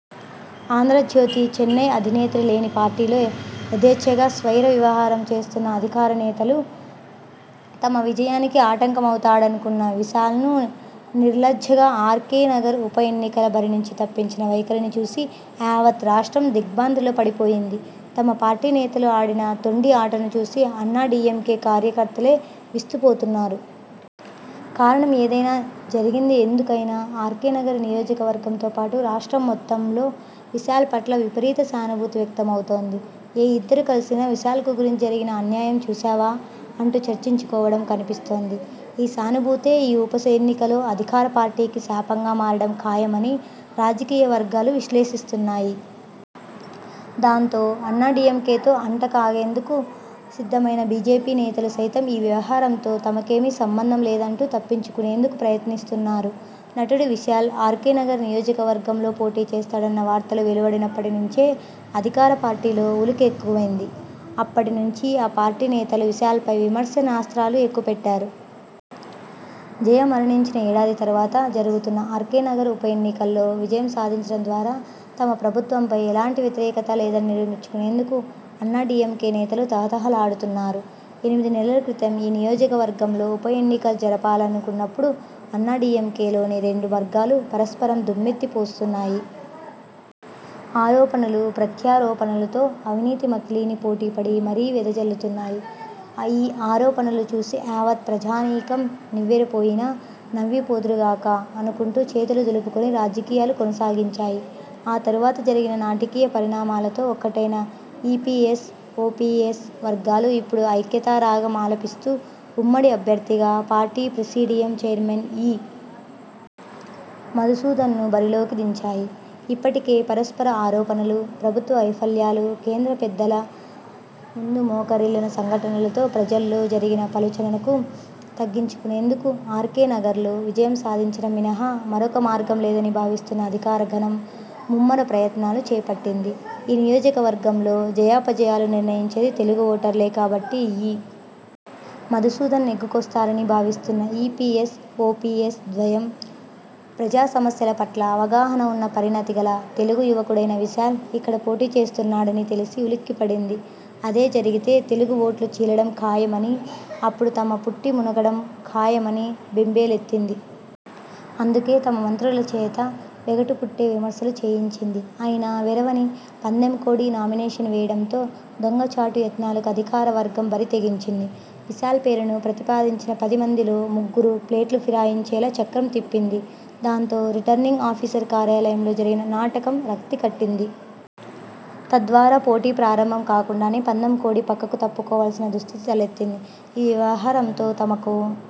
ఆంధ్రజ్యోతి, చెన్నై అధినేత్రి లేని పార్టీలో యధేచ్ఛగా స్వైర విహారం చేస్తున్న అధికార నేతలు, తమ విజయానికి ఆటంకమవుతాడనుకున్న విశాల్ను నిర్లజ్జగా ఆర్కే నగర్ ఉప ఎన్నికల బరి నుంచి తప్పించిన వైఖరిని చూసి యావత్ రాష్ట్రం దిగ్ర్భాంతిలో పడి పోయింది. తమ పార్టీ నేతలు ఆడిన తొండి ఆటను చూసి అన్నాడీఎంకే కార్య కర్తలే విస్తు పోతున్నారు. కారణం ఏదైనా, జరిగింది ఎందు కైనా ఆర్కే నగర్ నియోజక వర్గంతో పాటు రాష్ట్రం మొత్తం లో విశాల్ పట్ల విపరీత సానుభూతి వ్యక్త మవుతోంది. ఏ ఇద్దరు కలిసినా విశాల్కు జరిగిన అన్యాయం చూశావా? అంటూ చర్చించు కోవడం కనిపిస్తోంది. ఈ సానుభూతే ఈ ఉప ఎన్నికలో అధికార పార్టీకి శాపంగా మారడం ఖాయమని రాజకీయ వర్గాలు విశ్లేషిస్తున్నాయి. దాంతో అన్నా డీఎంకేతో అంట కాగేందుకు సిద్ధమైన బీజేపీ నేతలు సైతం ఈ వ్యవహారంతో తమకేమీ సంబంధం లేదంటూ తప్పించు కునేందుకు ప్రయత్నిస్తున్నారు. నటుడు విశాల్ ఆర్కే నగర్ నియోజక వర్గంలో పోటీ చేస్తాడని వార్తలు వెలు వడినప్పటి నుంచే అధికార పార్టీలో ఉలుకెక్కువైంది. అప్పటి నుంచి ఆ పార్టీ నేతలు విశాల్పై విమర్శ నాస్త్రాలు ఎక్కు పెట్టారు. జయ మరణించిన ఏడాది తరువాత జరు గుతున్న ఆర్కే నగర్ ఉప ఎన్నికల్లో విజయం సాధించడం ద్వారా తమ ప్రభుత్వం పై ఎలాంటి వ్యతిరేకత లేదని నిరూపించు కునేందుకు అన్నా డీఎంకే నేతలు తహతహ లాడుతున్నారు. ఎనిమిది నెలల క్రితం ఈ నియోజక వర్గంలో ఉప ఎన్నిక జరపాలను కున్నప్పుడు అన్నా డీఎంకే లోని రెండు వర్గాలు పరస్పరం దుమ్మెత్తిపోసు కున్నాయి. ఆరోపణలు, ప్రత్యా రోపణలతో 'అవినీతి మకిలీ'ని పోటీపడి మరీ వెద జల్లు కున్నాయి. ఈ ఆరోపణలు చూసి యావత్ ప్రజానీకం నివ్వెర పోయినా, నవ్వి పోదురుగాక! అనుకుంటూ చేతులు దులుపుకుని రాజకీయాలు కొనసాగించాయి. ఆ తరువాత జరిగిన నాటకీయ పరిణామాలతో ఒక్కటైన ఈపీఎస్, ఓపీఎస్ వర్గాలు ఇప్పుడు ఐక్యతా రాగం ఆలపిస్తూ, ఉమ్మడి అభ్యర్థిగా పార్టీ ప్రిసీడియం చైర్మన్ ఇ. మధుసూదన్ను బరిలోకి దించాయి. ఇప్పటికే పరస్పర ఆరోపణలు, ప్రభుత్వ వైఫల్యాలు, కేంద్ర పెద్దల, ముందు మోకరిల్లిన సంఘటనలతో ప్రజల్లో జరిగిన పలుచనను తగ్గించు కునేందుకు ఆర్కే నగర్లో విజయం సాధించడం మినహా మరొక మార్గం లేదని భావిస్తున్న అధికార గణం, ముమ్మర ప్రయత్నాలు చేపట్టింది. ఈ నియోజక వర్గంలో జయాపజయాలు నిర్ణయించేది తెలుగు ఓటర్లే కాబట్టి ఇ. మధుసూదన్ నెగ్గుకొస్తారని భావిస్తున్న ఈపీఎస్ ఓపీఎస్ ధ్వయం, ప్రజా సమస్యల పట్ల అవగాహన వున్న పరిణతి గల తెలుగు యువకుడైన విశాల్ ఇక్కడ పోటీ చేస్తున్నాడని తెలిసి ఉలిక్కి పడింది. అదే జరిగితే తెలుగు ఓట్లు చీలడం ఖాయమని, అప్పుడు తమ పుట్టి మునగడం ఖాయమని బెంబే లెత్తింది. అందుకే తమ మంత్రుల చేత వెగటు పుట్టే విమర్శలు చేయించింది. అయినా వెరవని 'పందెం కోడి' నామినేషన్ వేయడంతో 'దొంగ చాటు' యత్నాలకు అధికార వర్గం బరి తెగించింది. విశాల్ పేరును ప్రతి పాదించిన పది మందిలో ముగ్గురు ప్లేటు ఫిరాయించేలా చక్రం తిప్పింది. దాంతో రిటర్నింగ్ ఆఫీసర్ కార్యాలయంలో జరిగిన 'నాటకం' రక్తి కట్టింది. తద్వారా పోటీ ప్రారంభం కాకుండానే పందెం కోడి పక్కకు తప్పు కోవాల్సిన దుస్థితి తలెత్తింది. ఈ వ్యవహారంతో తమకు